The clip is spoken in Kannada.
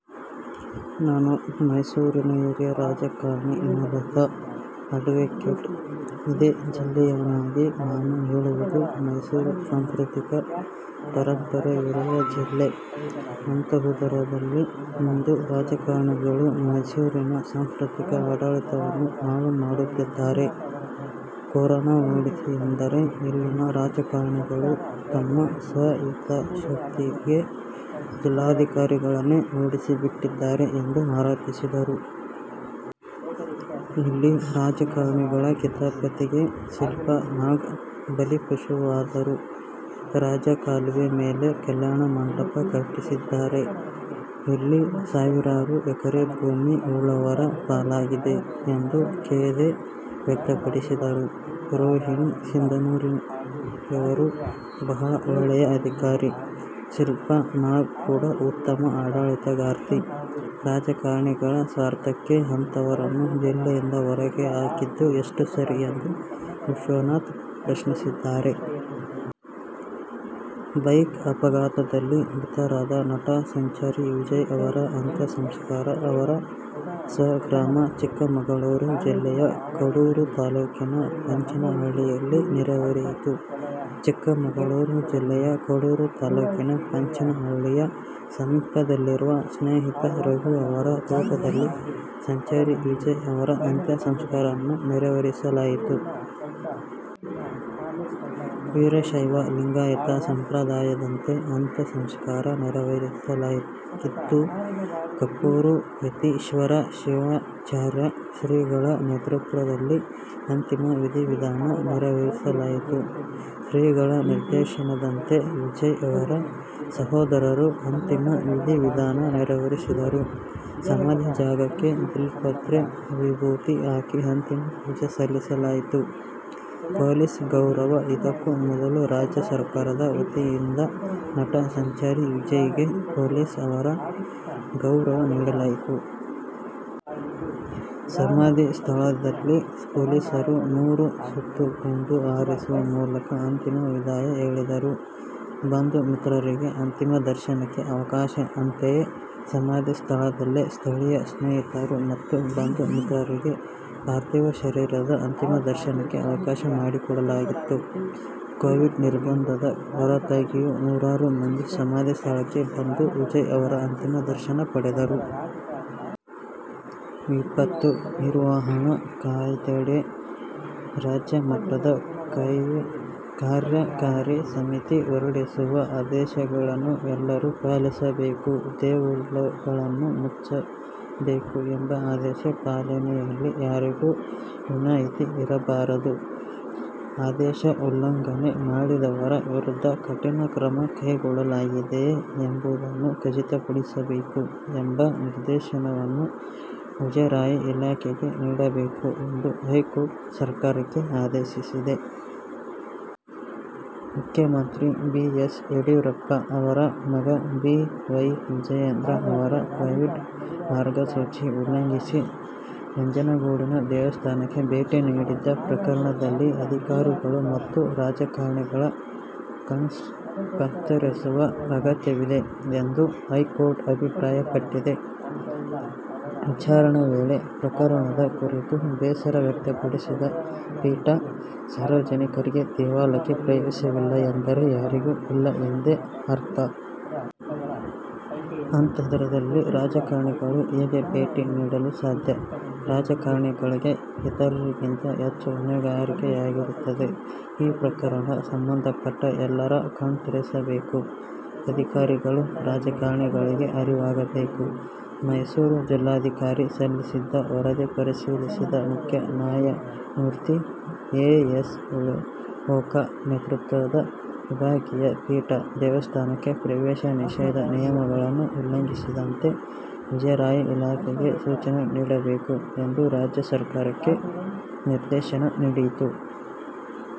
ನಾನು ಮೈಸೂರಿನ ಹಿರಿಯ ರಾಜಕಾರಣಿ, ಮೂಲತಃ ಅಡ್ವೊಕೇಟ್, ಇದೇ ಜಿಲ್ಲೆಯವನಾಗಿ ನಾನು ಹೇಳುವುದು ಮೈಸೂರು ಸಾಂಸ್ಕೃತಿಕ, ಪರಂಪರೆ ಇರುವ ಜಿಲ್ಲೆ. ಅಂತಹುದರಲ್ಲಿ ಇಂದು ರಾಜಕಾರಣಿಗಳು ಮೈಸೂರಿನ ಸಾಂಸ್ಕೃತಿಕ ಆಡಳಿತವನ್ನು ಹಾಳು ಮಾಡುತ್ತಿದ್ದಾರೆ. ಕೊರೋನಾ ಓಡಿಸಿ ಎಂದರೆ ಇಲ್ಲಿನ ರಾಜಕಾರಣಿಗಳು ತಮ್ಮ ಸ್ವ ಹಿತಾಸಕ್ತಿಗೆ ಜಿಲ್ಲಾಧಿಕಾರಿಗಳನ್ನೇ ಓಡಿಸಿಬಿಟ್ಟಿದ್ದಾರೆ ಎಂದು ಆರೋಪಿಸಿದರು. ಇಲ್ಲಿ ರಾಜಕಾರಣಿಗಳ ಕಿತಾಪತಿಗೆ ಶಿಲ್ಪಾ ನಾಗ್ ಬಲಿಪಶುವಾದರು. ರಾಜಕಾಲುವೆ ಮೇಲೆ ಕಲ್ಯಾಣ ಮಂಟಪ ಕಟ್ಟಿಸಿದ್ದಾರೆ, ಇಲ್ಲಿ ಸಾವಿರಾರು ಎಕರೆ ಭೂಮಿ ಉಳ್ಳವರ ಪಾಲಾಗಿದೆ ಎಂದು ಖೇದ ವ್ಯಕ್ತಪಡಿಸಿದರು. ರೋಹಿಣಿ ಸಿಂಧೂರಿಯವರು ಬಹಳ ಒಳ್ಳೆಯ ಅಧಿಕಾರಿ, ಶಿಲ್ಪಾ ನಾಗ್ ಕೂಡ ಉತ್ತಮ ಆಡಳಿತಗಾರ್ತಿ, ರಾಜಕಾರಣಿಗಳ ಸ್ವಾರ್ಥಕ್ಕೆ ಅಂತವರನ್ನು ಜಿಲ್ಲೆಯಿಂದ ಹೊರಗೆ ಹಾಕಿದ್ದು ಎಷ್ಟು ಸರಿ ಎಂದು ವಿಶ್ವನಾಥ್ ಪ್ರಶ್ನಿಸಿದ್ದಾರೆ. ಬೈಕ್ ಅಪಘಾತದಲ್ಲಿ ಮೃತರಾದ ನಟ ಸಂಚಾರಿ ವಿಜಯ್ ಅವರ ಅಂತ್ಯ ಸಂಸ್ಕಾರ ಅವರ ಸ್ವಗ್ರಾಮ ಚಿಕ್ಕಮಗಳೂರು ಜಿಲ್ಲೆಯ ಕಡೂರು ತಾಲ್ಲೂಕಿನ ಪಂಚನಹಳ್ಳಿಯಲ್ಲಿ ನೆರವೇರಿತು. ಚಿಕ್ಕಮಗಳೂರು ಜಿಲ್ಲೆಯ ಕಡೂರು ತಾಲ್ಲೂಕಿನ ಪಂಚನಹಳ್ಳಿಯ ಸಮೀಪದಲ್ಲಿರುವ ಸ್ನೇಹಿತ ರಘು ಅವರ ತೋಟದಲ್ಲಿ ಸಂಚಾರಿ ವಿಜಯ್ ಅವರ ಅಂತ್ಯ ಸಂಸ್ಕಾರವನ್ನು ನೆರವೇರಿಸಲಾಯಿತು. ವೀರಶೈವ ಲಿಂಗಾಯತ ಸಂಪ್ರದಾಯದಂತೆ ಅಂತ್ಯ ಸಂಸ್ಕಾರ ನೆರವೇರಿಸಲಾಗಿದ್ದು, ಕುಪ್ಪೂರು ಯತೀಶ್ವರ ಶಿವಾಚಾರ್ಯ ಶ್ರೀಗಳ ನೇತೃತ್ವದಲ್ಲಿ ಅಂತಿಮ ವಿಧಿವಿಧಾನ ನೆರವೇರಿಸಲಾಯಿತು. ಶ್ರೀಗಳ ನಿರ್ದೇಶನದಂತೆ ವಿಜಯ್ ಅವರ ಸಹೋದರರು ಅಂತಿಮ ವಿಧಿ ವಿಧಾನ ನೆರವೇರಿಸಿದರು. ಸಮಾಧಿ ಜಾಗಕ್ಕೆ ಬಿಲ್ವಪತ್ರೆ ವಿಭೂತಿ ಹಾಕಿ ಅಂತಿಮ ಪೂಜೆ ಸಲ್ಲಿಸಲಾಯಿತು. ಪೊಲೀಸ್ ಗೌರವ ಇದಕ್ಕೂ ಮೊದಲು ರಾಜ್ಯ ಸರ್ಕಾರದ ವತಿಯಿಂದ ನಟ ಸಂಚಾರಿ ವಿಜಯ್ ಗೆ ಪೊಲೀಸ್ ಗೌರವ ನೀಡಲಾಯಿತು. ಸಮಾಧಿ ಸ್ಥಳದಲ್ಲಿ ಪೊಲೀಸರು ಮೂರು ಸುತ್ತು ಗುಂಡು ಹಾರಿಸುವ ಮೂಲಕ ಅಂತಿಮ ವಿದಾಯ ಹೇಳಿದರು. ಬಂಧುಮಿತ್ರರಿಗೆ ಅಂತಿಮ ದರ್ಶನಕ್ಕೆ ಅವಕಾಶ ಅಂತೆಯೇ ಸಮಾಧಿ ಸ್ಥಳದಲ್ಲೇ ಸ್ಥಳೀಯ ಸ್ನೇಹಿತರು ಮತ್ತು ಬಂಧು ಮಿತ್ರರಿಗೆ ಪಾರ್ಥೀವ ಶರೀರದ ಅಂತಿಮ ದರ್ಶನಕ್ಕೆ ಅವಕಾಶ ಮಾಡಿಕೊಡಲಾಗಿತ್ತು. ಕೋವಿಡ್ ನಿರ್ಬಂಧದ ಹೊರತಾಗಿಯೂ ನೂರಾರು ಮಂದಿ ಸಮಾಧಿ ಸ್ಥಳಕ್ಕೆ ಬಂದು ವಿಜಯ್ ಅವರ ಅಂತಿಮ ದರ್ಶನ ಪಡೆದರು. ವಿಪತ್ತು ನಿರ್ವಹಣಾ ಕಾಯ್ದೆಯಡಿ ರಾಜ್ಯ ಮಟ್ಟದ ಕಾರ್ಯಕಾರಿ ಸಮಿತಿ ಹೊರಡಿಸುವ ಆದೇಶಗಳನ್ನು ಎಲ್ಲರೂ ಪಾಲಿಸಬೇಕು. ದೇಗುಲಗಳನ್ನು ಮುಚ್ಚಬೇಕು ಎಂಬ ಆದೇಶ ಪಾಲನೆಯಲ್ಲಿ ಯಾರಿಗೂ ವಿನಾಯಿತಿ ಇರಬಾರದು, ಆದೇಶ ಉಲ್ಲಂಘನೆ ಮಾಡಿದವರ ವಿರುದ್ಧ ಕಠಿಣ ಕ್ರಮ ಕೈಗೊಳ್ಳಲಾಗಿದೆಯೇ ಎಂಬುದನ್ನು ಖಚಿತಪಡಿಸಬೇಕು ಎಂಬ ನಿರ್ದೇಶನವನ್ನು ಮುಜರಾಯಿ ಇಲಾಖೆಗೆ ನೀಡಬೇಕು' ಎಂದು ಹೈಕೋರ್ಟ್ ಸರ್ಕಾರಕ್ಕೆ ಆದೇಶಿಸಿದೆ.. ಮುಖ್ಯಮಂತ್ರಿ ಬಿ. ಎಸ್. ಯಡಿಯೂರಪ್ಪ ಅವರ ಮಗ ಬಿ. ವೈ. ವಿಜಯೇಂದ್ರ ಅವರು ಕೋವಿಡ್ ಮಾರ್ಗಸೂಚಿ ಉಲ್ಲಂಘಿಸಿ ನಂಜನಗೂಡಿನ ದೇವಸ್ಥಾನಕ್ಕೆ ಭೇಟಿ ನೀಡಿದ್ದ ಪ್ರಕರಣದಲ್ಲಿ ಅಧಿಕಾರಿಗಳು ಮತ್ತು ರಾಜಕಾರಣಿಗಳ ಕಣ್ತೆರೆಸುವ ಅಗತ್ಯವಿದೆ ಎಂದು ಹೈಕೋರ್ಟ್ ಅಭಿಪ್ರಾಯಪಟ್ಟಿದೆ. ವಿಚಾರಣೆ ವೇಳೆ ಪ್ರಕರಣದ ಕುರಿತು ಬೇಸರ ವ್ಯಕ್ತಪಡಿಸಿದ ಪೀಠ, ಸಾರ್ವಜನಿಕರಿಗೆ ದೇವಾಲಯಕ್ಕೆ ಪ್ರವೇಶವಿಲ್ಲ ಎಂದರೆ ಯಾರಿಗೂ ಇಲ್ಲ ಎಂದೇ ಅರ್ಥ. ಅಂತಹದ್ದರಲ್ಲಿ ರಾಜಕಾರಣಿಗಳು ಹೇಗೆ ಭೇಟಿ ನೀಡಲು ಸಾಧ್ಯ. ರಾಜಕಾರಣಿಗಳಿಗೆ ಇತರರಿಗಿಂತ ಹೆಚ್ಚು ಹೊಣೆಗಾರಿಕೆಯಿರುತ್ತದೆ. ಈ ಪ್ರಕರಣ ಸಂಬಂಧಪಟ್ಟ ಎಲ್ಲರ ಕಣ್ತೆರೆಸಬೇಕು. ಅಧಿಕಾರಿಗಳು, ರಾಜಕಾರಣಿಗಳಿಗೆ ಅರಿವಾಗಬೇಕು. ಮೈಸೂರು ಜಿಲ್ಲಾಧಿಕಾರಿ ಸಲ್ಲಿಸಿದ್ದ ವರದಿ ಪರಿಶೀಲಿಸಿದ ಮುಖ್ಯ ನ್ಯಾಯಮೂರ್ತಿ ಎ. ಎಸ್. ಓಕಾ ನೇತೃತ್ವದ ವಿಭಾಗೀಯ ಪೀಠ, ದೇವಸ್ಥಾನಕ್ಕೆ ಪ್ರವೇಶ ನಿಷೇಧ ನಿಯಮಗಳನ್ನು ಉಲ್ಲಂಘಿಸದಂತೆ ಮುಜರಾಯಿ ಇಲಾಖೆಗೆ ಸೂಚನೆ ನೀಡಬೇಕು' ಎಂದು ರಾಜ್ಯ ಸರ್ಕಾರಕ್ಕೆ ನಿರ್ದೇಶನ ನೀಡಿತು.